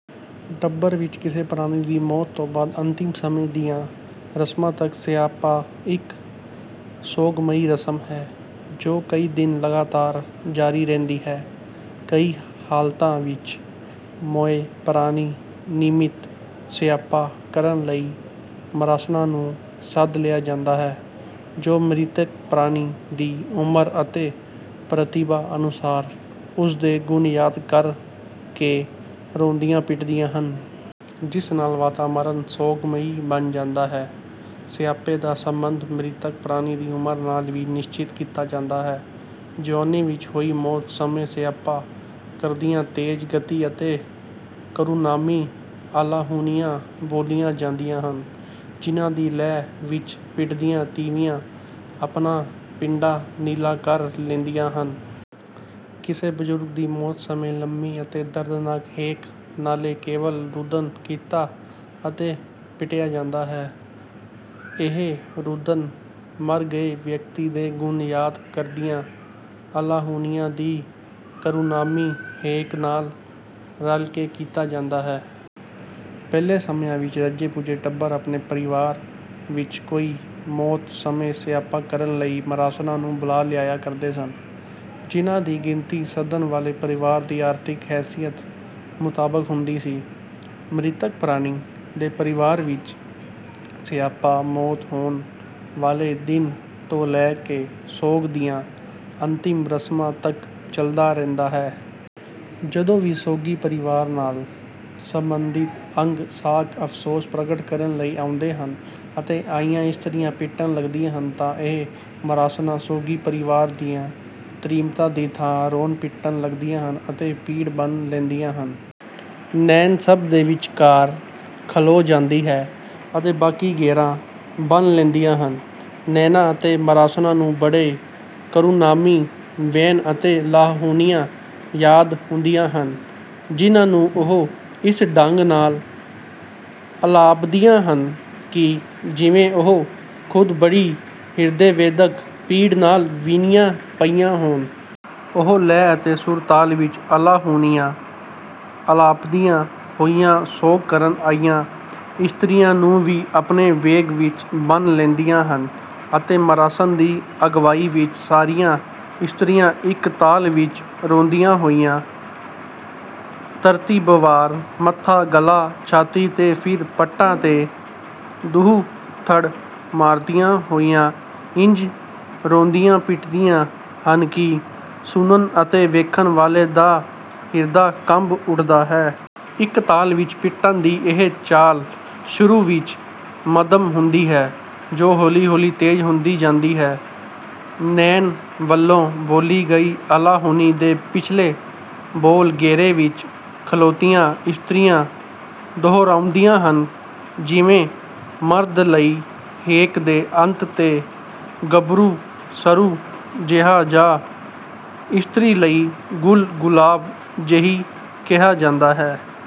ਟੱਬਰ ਵਿੱਚ ਕਿਸੇ ਪ੍ਰਾਣੀ ਦੀ ਮੌਤ ਤੋਂ ਬਾਅਦ ਅੰਤਿਮ ਸਮੇਂ ਦੀਆਂ ਰਸਮਾਂ ਤੱਕ 'ਸਿਆਪਾ' ਇੱਕ ਸੋਗਮਈ ਰਸਮ ਹੈ ਜੋ ਕਈ ਦਿਨ ਲਗਾਤਾਰ ਜਾਰੀ ਰਹਿੰਦੀ ਹੈ। ਕਈ ਹਾਲਤਾਂ ਵਿੱਚ ਮੋਏ ਪ੍ਰਾਣੀ ਨਿਮਿਤ ਸਿਆਪਾ ਕਰਨ ਲਈ ਮਰਾਸਣਾਂ ਨੂੰ ਸੱਦ ਲਿਆ ਜਾਂਦਾ ਹੈ ਜੋ ਮ੍ਰਿਤਕ ਪ੍ਰਾਣੀ ਦੀ ਉਮਰ ਅਤੇ ਪ੍ਰਤਿਭਾ ਅਨੁਸਾਰ, ਉਸ ਦੇ ਗੁਣ ਯਾਦ ਕਰ ਕੇ ਰੋਂਦੀਆਂ ਪਿੱਟਦੀਆਂ ਹਨ। ਜਿਸ ਨਾਲ ਵਾਤਾਵਰਨ ਸੋਗਮਈ ਬਣ ਜਾਂਦਾ ਹੈ। ਸਿਆਪੇ ਦਾ ਸੰਬੰਧ ਮ੍ਰਿਤਕ ਪ੍ਰਾਣੀ ਦੀ ਉਮਰ ਨਾਲ ਵੀ ਨਿਸ਼ਚਿਤ ਕੀਤਾ ਜਾਂਦਾ ਹੈ। ਜੁਆਨੀ ਵਿੱਚ ਹੋਈ ਮੌਤ ਸਮੇਂ ਸਿਆਪਾ ਕਰਦਿਆਂ ਤੇਜ਼ ਗਤੀ ਅਤੇ ਕਰੁਣਾਮਈ ਅਲਾਹੁਣੀਆਂ ਬੋਲੀਆਂ ਜਾਂਦੀਆਂ ਹਨ, ਜਿਨ੍ਹਾਂ ਦੀ ਲੈਅ ਵਿੱਚ ਪਿੱਟਦੀਆਂ ਤੀਵੀਆਂ ਆਪਣਾ ਪਿੰਡਾ ਨੀਲਾ ਕਰ ਲੈਂਦੀਆਂ ਹਨ। ਕਿਸੇ ਬਜ਼ੁਰਗ ਦੀ ਮੌਤ ਸਮੇਂ ਲੰਮੀ ਅਤੇ ਦਰਦਨਾਕ ਹੇਕ ਨਾਲ ਕੇਵਲ ਰੁਦਨ ਕੀਤਾ ਅਤੇ ਪਿੱਟਿਆ ਜਾਂਦਾ ਹੈ। ਇਹ ਰੁਦਨ ਮਰ ਗਏ ਵਿਅਕਤੀ ਦੇ ਗੁਣ ਯਾਦ ਕਰਦਿਆਂ ਅਲਾਹੁਣੀਆਂ ਦੀ ਕਰੁਣਾਮਈ ਹੇਕ ਨਾਲ ਰਲ ਕੇ ਕੀਤਾ ਜਾਂਦਾ ਹੈ। ਪਹਿਲੇ ਸਮਿਆਂ ਵਿੱਚ ਰੱਜੇ-ਪੁੱਜੇ ਟੱਬਰ ਆਪਣੇ ਪਰਿਵਾਰ ਵਿੱਚ ਹੋਈ ਮੌਤ ਸਮੇਂ ਸਿਆਪਾ ਕਰਨ ਲਈ ਮਰਾਸਣਾਂ ਨੂੰ ਬੁਲਾ ਲਿਆਇਆ ਕਰਦੇ ਸਨ। ਜਿਨ੍ਹਾਂ ਦੀ ਗਿਣਤੀ ਸੱਦਣ ਵਾਲੇ ਪਰਿਵਾਰ ਦੀ ਆਰਥਿਕ ਹੈਸੀਅਤ ਮੁਤਾਬਕ ਹੁੰਦੀ ਸੀ। ਮ੍ਰਿਤਕ ਪ੍ਰਾਣੀ ਦੇ ਪਰਿਵਾਰ ਵਿੱਚ ਸਿਆਪਾ, ਮੌਤ ਹੋਣ ਵਾਲੇ ਦਿਨ ਤੋਂ ਲੈ ਕੇ ਸੋਗ ਦੀਆਂ ਅੰਤਿਮ ਰਸਮਾਂ ਤੱਕ ਚੱਲਦਾ ਰਹਿੰਦਾ ਹੈ। ਜਦੋਂ ਵੀ ਸੋਗੀ ਪਰਿਵਾਰ ਨਾਲ ਸੰਬੰਧਿਤ ਅੰਗ-ਸਾਕ ਅਫ਼ਸੋਸ ਪ੍ਰਗਟ ਕਰਨ ਲਈ ਆਉਂਦੇ ਹਨ ਅਤੇ ਆਈਆਂ ਇਸਤਰੀਆਂ ਪਿੱਟਣ ਲੱਗਦੀਆਂ ਹਨ ਤਾਂ ਇਹ ਮਰਾਸਣਾਂ, ਸੋਗੀ ਪਰਿਵਾਰ ਦੀਆਂ ਤ੍ਰੀਮਤਾਂ ਦੀ ਥਾਂ ਰੋਣ-ਪਿੱਟਣ ਲੱਗਦੀਆਂ ਹਨ ਅਤੇ ਪਿੜ ਬੰਨ੍ਹ ਲੈਂਦੀਆਂ ਹਨ। ਨੈਣ ਸਭ ਦੇ ਵਿਚਕਾਰ ਖਲੋ ਜਾਂਦੀ ਹੈ ਅਤੇ ਬਾਕੀ ਘੇਰਾ ਬੰਨ੍ਹ ਲੈਂਦੀਆਂ ਹਨ। ਨੈਣਾਂ ਅਤੇ ਮਰਾਸਣਾਂ ਨੂੰ ਬੜੇ ਕਰੁਣਾਮਈ ਵੈਣ ਅਤੇ ਅਲਾਹੁਣੀਆਂ ਯਾਦ ਹੁੰਦੀਆਂ ਹਨ ਜਿਨ੍ਹਾਂ ਨੂੰ ਉਹ ਇਸ ਢੰਗ ਨਾਲ ਅਲਾਪਦੀਆਂ ਹਨ ਕਿ ਜਿਵੇਂ ਉਹ ਖ਼ੁਦ ਬੜੀ ਹਿਰਦੇਵੇਦਕ ਪੀੜ ਨਾਲ ਵਿੰਨ੍ਹੀਆਂ ਪਈਆਂ ਹੋਣ। ਉਹ ਲੈਅ ਅਤੇ ਸੁਰ-ਤਾਲ ਵਿੱਚ ਅਲਾਹੁਣੀਆਂ ਅਲਾਪਦੀਆਂ ਹੋਈਆਂ ਸੋਗ ਕਰਨ ਆਈਆਂ ਇਸਤਰੀਆਂ ਨੂੰ ਵੀ ਆਪਣੇ ਵੇਗ ਵਿੱਚ ਬੰਨ੍ਹ ਲੈਂਦੀਆਂ ਹਨ ਅਤੇ ਮਰਾਸਣ ਦੀ ਅਗਵਾਈ ਵਿੱਚ ਸਾਰੀਆਂ ਇਸਤਰੀਆਂ ਇੱਕ ਤਾਲ ਵਿੱਚ ਰੋਂਦੀਆਂ ਹੋਈਆਂ ਤਰਤੀਬਵਾਰ, ਮੱਥਾ, ਗੱਲ੍ਹਾਂ, ਛਾਤੀ ਤੇ ਫਿਰ ਪੱਟਾਂ ਤੇ ਦੁਹੱਥੜ ਮਾਰਦੀਆਂ ਹੋਈਆਂ ਇੰਝ ਰੋਂਦੀਆਂ ਪਿੱਟਦੀਆਂ ਹਨ ਕਿ ਸੁਣਨ ਅਤੇ ਵੇਖਣ ਵਾਲੇ ਦਾ ਹਿਰਦਾ ਕੰਬ ਉੱਠਦਾ ਹੈ। ਇੱਕ ਤਾਲ ਵਿੱਚ ਪਿੱਟਣ ਦੀ ਇਹ ਚਾਲ ਸ਼ੁਰੂ ਵਿੱਚ ਮੱਧਮ ਹੁੰਦੀ ਹੈ ਜੋ ਹੌਲੀ-ਹੌਲੀ ਤੇਜ਼ ਹੁੰਦੀ ਜਾਂਦੀ ਹੈ। ਨੈਣ ਵੱਲੋਂ ਬੋਲੀ ਗਈ ਅਲਾਹੁਣੀ ਦੇ ਪਿਛਲੇ ਬੋਲ ਘੇਰੇ ਵਿੱਚ ਖਲੋਤੀਆਂ ਇਸਤਰੀਆਂ ਦੁਹਰਾਉਂਦੀਆਂ ਹਨ। ਜਿਵੇਂ ਮਰਦ ਲਈ ਹੇਕ ਦੇ ਅੰਤ 'ਤੇ 'ਗੱਭਰੂ ਸਰੂ ਜਿਹਾ' ਜਾਂ ਇਸਤਰੀ ਲਈ 'ਗੁੱਲ ਗੁਲਾਬ ਜਿਹੀ' ਕਿਹਾ ਜਾਂਦਾ ਹੈ।